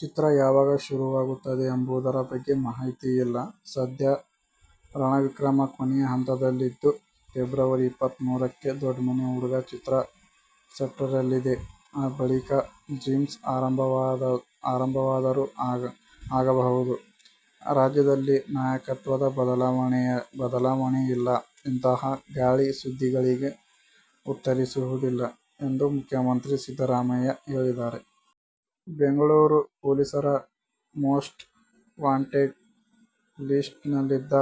ಚಿತ್ರ ಯಾವಾಗ ಶುರುವಾಗುತ್ತದೆ ಎಂಬುದರ ಬಗ್ಗೆ ಮಾಹಿತಿಯಿಲ್ಲ. ಸದ್ಯ "ರಣವಿಕ್ರಮ' ಕೊನೆಯ ಹಂತದಲ್ಲಿದ್ದು, ಫೆಬ್ರವರಿ ಇಪ್ಪತ್ಮೂರಕ್ಕೆ "ದೊಡ್ಮನೆ ಹುಡುಗ' ಚಿತ್ರ ಸೆಟ್ಟೇರಲಿದೆ. ಆ ಬಳಿಕ "ಜೇಮ್ಸ್' ಆರಂಭವಾದರೂ ಆಗಬಹುದು. ರಾಜ್ಯದಲ್ಲಿ ನಾಯಕತ್ವ ಬದಲಾವಣೆ ಇಲ್ಲ. ಇಂತಹ ಗಾಳಿ ಸುದ್ದಿಗಳಿಗೆ ಉತ್ತರಿಸುವುದಿಲ್ಲ ಎಂದು ಮುಖ್ಯಮಂತ್ರಿ ಸಿದ್ದರಾಮಯ್ಯ ಹೇಳಿದ್ದಾರೆ. ಬೆಂಗಳೂರು ಪೊಲೀಸರ ಮೋಸ್ಟ್ ವಾಂಟೆಡ್ ಲಿಸ್ಟ್ನಲ್ಲಿದ್ದ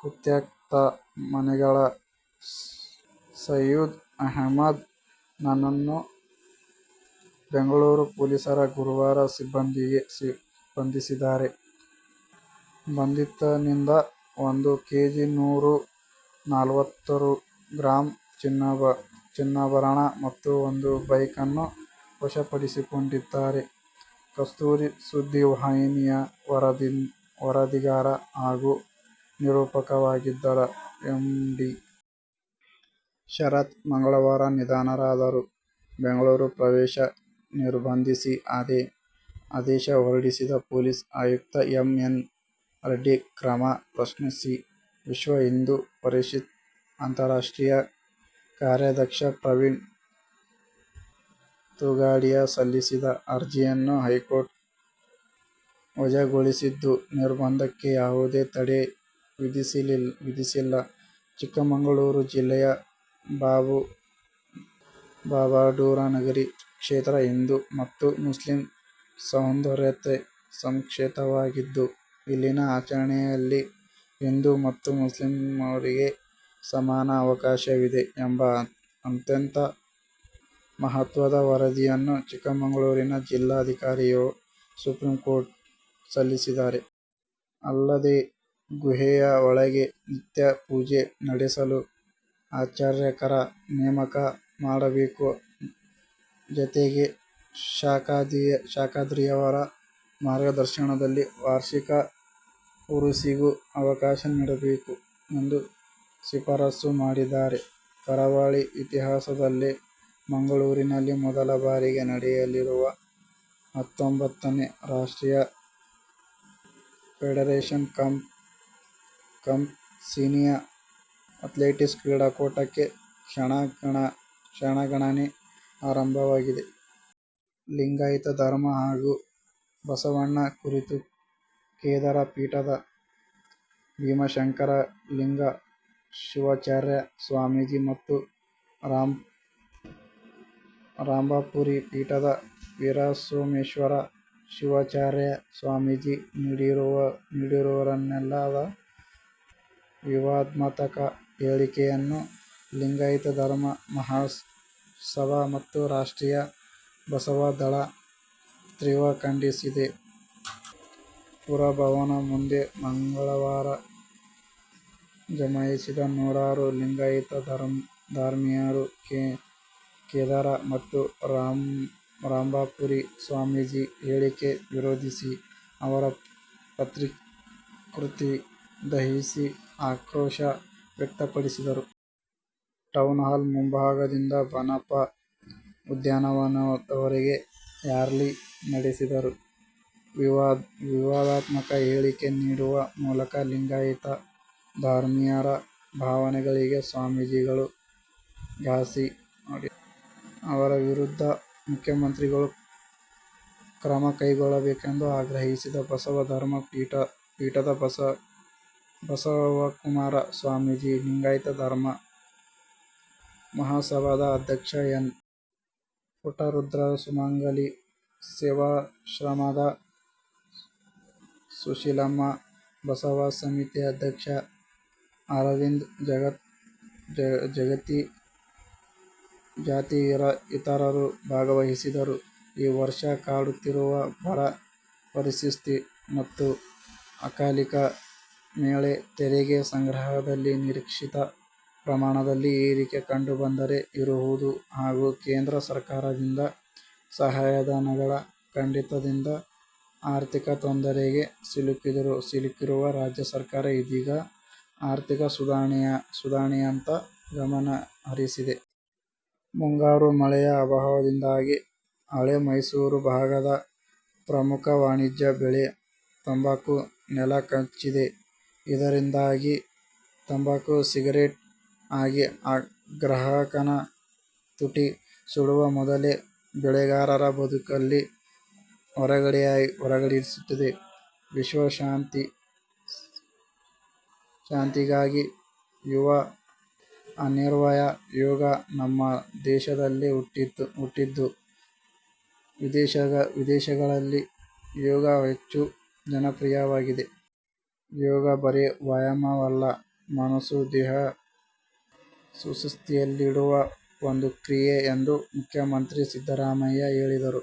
ಕುಖ್ಯಾತ ಮನೆಗಳ್ಳ ಸಯ್ಯದ್ ಅಹಮದ್ ನನ್ನು ಬೆಂಗಳೂರು ಪೊಲೀಸರು ಗುರುವಾರ ಬಂಧಿಸಿದ್ದಾರೆ. ಬಂಧಿತನಿಂದ ಒಂದು ಕೆಜಿ ನೂರ ನಲ್ವತ್ಮೂರು ಗ್ರಾಂ ಚಿನ್ನಾಭರಣ ಮತ್ತು ಒಂದು ಬೈಕನ್ನು ವಶಪಡಿಸಿಕೊಂಡಿದ್ದಾರೆ. ಕಸ್ತೂರಿ ಸುದ್ದಿ ವಾಹಿನಿಯ ವರದಿಗಾರ ಹಾಗೂ ನಿರೂಪಕರಾಗಿದ್ದ ಎಂ. ಡಿ. ಶರತ್ ಮಂಗಳವಾರ ನಿಧನರಾದರು. ಬೆಂಗಳೂರು ಪ್ರವೇಶ ನಿರ್ಬಂಧಿಸಿ ಆದೇಶ ಹೊರಡಿಸಿದ್ದ ಪೊಲೀಸ್ ಆಯುಕ್ತ ಎಂ. ಎನ್. ರೆಡ್ಡಿ ಕ್ರಮ ಪ್ರಶ್ನಿಸಿ ವಿಶ್ವ ಹಿಂದೂ ಪರಿಷತ್ ಅಂತಾರಾಷ್ಟ್ರೀಯ ಕಾರ್ಯಾಧ್ಯಕ್ಷ ಪ್ರವೀಣ್ ತೊಗಾಡಿಯಾ ಸಲ್ಲಿಸಿದ ಅರ್ಜಿಯನ್ನು ಹೈಕೋರ್ಟ್ ವಜಾಗೊಳಿಸಿದ್ದು, ನಿರ್ಬಂಧಕ್ಕೆ ಯಾವುದೇ ತಡೆ ವಿಧಿಸಿಲ್ಲ. ಚಿಕ್ಕಮಗಳೂರು ಜಿಲ್ಲೆಯ ಬಾಬಾಬುಡನಗಿರಿ ಕ್ಷೇತ್ರ ಹಿಂದೂ ಮತ್ತು ಮುಸ್ಲಿಂ ಸೌಹಾರ್ದತೆಯ ಸಂಕೇತವಾಗಿದ್ದು, ಇಲ್ಲಿನ ಆಚರಣೆಗಳಲ್ಲಿ ಹಿಂದೂ ಮತ್ತು ಮುಸ್ಲಿಮರಿಗೆ ಸಮಾನ ಅವಕಾಶವಿದೆ ಎಂಬ ಅತ್ಯಂತ ಮಹತ್ವದ ವರದಿಯನ್ನು ಚಿಕ್ಕಮಗಳೂರಿನ ಜಿಲ್ಲಾಧಿಕಾರಿಯವರು ಸುಪ್ರೀಂಕೋರ್ಟ್ಗೆ ಸಲ್ಲಿಸಿದ್ದಾರೆ. ಅಲ್ಲದೆ, ಗುಹೆಯ ಒಳಗೆ ನಿತ್ಯ ಪೂಜೆ ನಡೆಸಲು ಅರ್ಚಕರ ನೇಮಕ ಮಾಡಬೇಕು. ಜತೆಗೆ, ಶಾಖಾದ್ರಿಯವರ ಮಾರ್ಗದರ್ಶನದಲ್ಲಿ ವಾರ್ಷಿಕ ಉರೂಸಿಗೂ ಅವಕಾಶ ನೀಡಬೇಕು ಎಂದು ಶಿಫಾರಸ್ಸು ಮಾಡಿದ್ದಾರೆ. ಕರಾವಳಿ ಇತಿಹಾಸದಲ್ಲೇ ಮಂಗಳೂರಿನಲ್ಲಿ ಮೊದಲ ಬಾರಿಗೆ ನಡೆಯಲಿರುವ ಹತ್ತೊಂಬತ್ತನೇ ರಾಷ್ಟ್ರೀಯ ಫೆಡರೇಶನ್ ಕಪ್ ಸೀನಿಯರ್ ಆ್ಯತ್ಲೆಟಿಕ್ಸ್ ಕ್ರೀಡಾಕೂಟಕ್ಕೆ ಕ್ಷಣಗಣನೆ ಆರಂಭವಾಗಿದೆ. ಲಿಂಗಾಯತ ಧರ್ಮ ಹಾಗೂ ಬಸವಣ್ಣ ಕುರಿತು ಕೇದಾರ ಪೀಠದ ಭೀಮಾಶಂಕರಲಿಂಗ ಶಿವಾಚಾರ್ಯ ಸ್ವಾಮಿಜಿ ಮತ್ತು ರಂಭಾಪುರಿ ಪೀಠದ ವೀರಸೋಮೇಶ್ವರ ಶಿವಾಚಾರ್ಯ ಸ್ವಾಮೀಜಿ ನೀಡಿರುವರೆನ್ನಲಾದ ವಿವಾದಾತ್ಮಕ ಹೇಳಿಕೆಯನ್ನು ಲಿಂಗಾಯತ ಧರ್ಮ ಮಹಾಸಭಾ ಮತ್ತು ರಾಷ್ಟ್ರೀಯ ಬಸವ ದಳ ತೀವ್ರ ಖಂಡಿಸಿದೆ. ಪುರಭವನ ಮುಂದೆ ಮಂಗಳವಾರ ಜಮಾಯಿಸಿದ ನೂರಾರು ಲಿಂಗಾಯತ ಧರ್ಮೀಯರು, ಕೇದಾರ ಮತ್ತು ರಂಭಾಪುರಿ ಸ್ವಾಮೀಜಿ ಹೇಳಿಕೆ ವಿರೋಧಿಸಿ ಅವರ ಪ್ರತಿಕೃತಿ ದಹಿಸಿ ಆಕ್ರೋಶ ವ್ಯಕ್ತಪಡಿಸಿದರು. ಟೌನ್ ಹಾಲ್ ಮುಂಭಾಗದಿಂದ ಬನಪ್ಪ ಉದ್ಯಾನವನದವರೆಗೆ ರ್ಯಾಲಿ ನಡೆಸಿದರು. ವಿವಾದಾತ್ಮಕ ಹೇಳಿಕೆ ನೀಡುವ ಮೂಲಕ ಲಿಂಗಾಯತ ಧರ್ಮೀಯರ ಭಾವನೆಗಳಿಗೆ ಸ್ವಾಮೀಜಿಗಳು ಘಾಸಿ ಮಾಡಿದ್ದು, ಅವರ ವಿರುದ್ಧ ಮುಖ್ಯಮಂತ್ರಿಗಳು ಕ್ರಮ ಕೈಗೊಳ್ಳಬೇಕೆಂದು ಆಗ್ರಹಿಸಿದರು. ಬಸವ ಧರ್ಮ ಪೀಠದ ಬಸವಕುಮಾರ ಸ್ವಾಮೀಜಿ, ಲಿಂಗಾಯತ ಧರ್ಮ ಮಹಾಸಭಾದ ಅಧ್ಯಕ್ಷ ಎನ್. ಪುಟ್ಟರುದ್ರ, ಸುಮಂಗಲಿ ಸೇವಾಶ್ರಮದ ಸುಶೀಲಮ್ಮ, ಬಸವ ಸಮಿತಿ ಅಧ್ಯಕ್ಷ ಅರವಿಂದ ಜತ್ತಿ ಇತರರು ಭಾಗವಹಿಸಿದ್ದರು. ಈ ವರ್ಷ ಕಾಡುತ್ತಿರುವ ಬರ ಪರಿಸ್ಥಿತಿ ಮತ್ತು ಅಕಾಲಿಕ ಮಳೆ, ತೆರಿಗೆ ಸಂಗ್ರಹದಲ್ಲಿ ನಿರೀಕ್ಷಿತ ಪ್ರಮಾಣದಲ್ಲಿ ಏರಿಕೆ ಕಂಡುಬರದೇ ಇರುವುದು ಹಾಗೂ ಕೇಂದ್ರ ಸರ್ಕಾರದಿಂದ ಸಹಾಯಧನಗಳ ಕಡಿತದಿಂದ ಆರ್ಥಿಕ ತೊಂದರೆಗೆ ಸಿಲುಕಿರುವ ರಾಜ್ಯ ಸರ್ಕಾರ ಇದೀಗ ಆರ್ಥಿಕ ಸುಧಾರಣೆಯತ್ತ ಗಮನಹರಿಸಿದೆ. ಮುಂಗಾರು ಮಳೆಯ ಅಭಾವದಿಂದಾಗಿ ಹಳೆ ಮೈಸೂರು ಭಾಗದ ಪ್ರಮುಖ ವಾಣಿಜ್ಯ ಬೆಳೆ ತಂಬಾಕು ನೆಲಕಚ್ಚಿದೆ. ಇದರಿಂದಾಗಿ ತಂಬಾಕು ಸಿಗರೇಟ್ ಆಗಿ ಗ್ರಾಹಕನ ತುಟಿ ಸುಡುವ ಮೊದಲೇ ಬೆಳೆಗಾರರ ಬದುಕಲ್ಲಿ ಹೊಗೆಯಾಡಿಸುತ್ತಿದೆ. ವಿಶ್ವ ಶಾಂತಿಗಾಗಿ ಯೋಗ ಅನಿವಾರ್ಯ. ಯೋಗ ನಮ್ಮ ದೇಶದಲ್ಲೇ ಹುಟ್ಟಿದ್ದು. ವಿದೇಶಗಳಲ್ಲಿ ಯೋಗ ಹೆಚ್ಚು ಜನಪ್ರಿಯವಾಗಿದೆ. ಯೋಗ ಬರೇ ವ್ಯಾಯಾಮ ಅಲ್ಲ, ಮನಸ್ಸು ದೇಹ ಸುಸ್ಥಿತಿಯಲ್ಲಿಡುವ ಒಂದು ಕ್ರಿಯೆ ಎಂದು ಮುಖ್ಯಮಂತ್ರಿ ಸಿದ್ದರಾಮಯ್ಯ ಹೇಳಿದರು.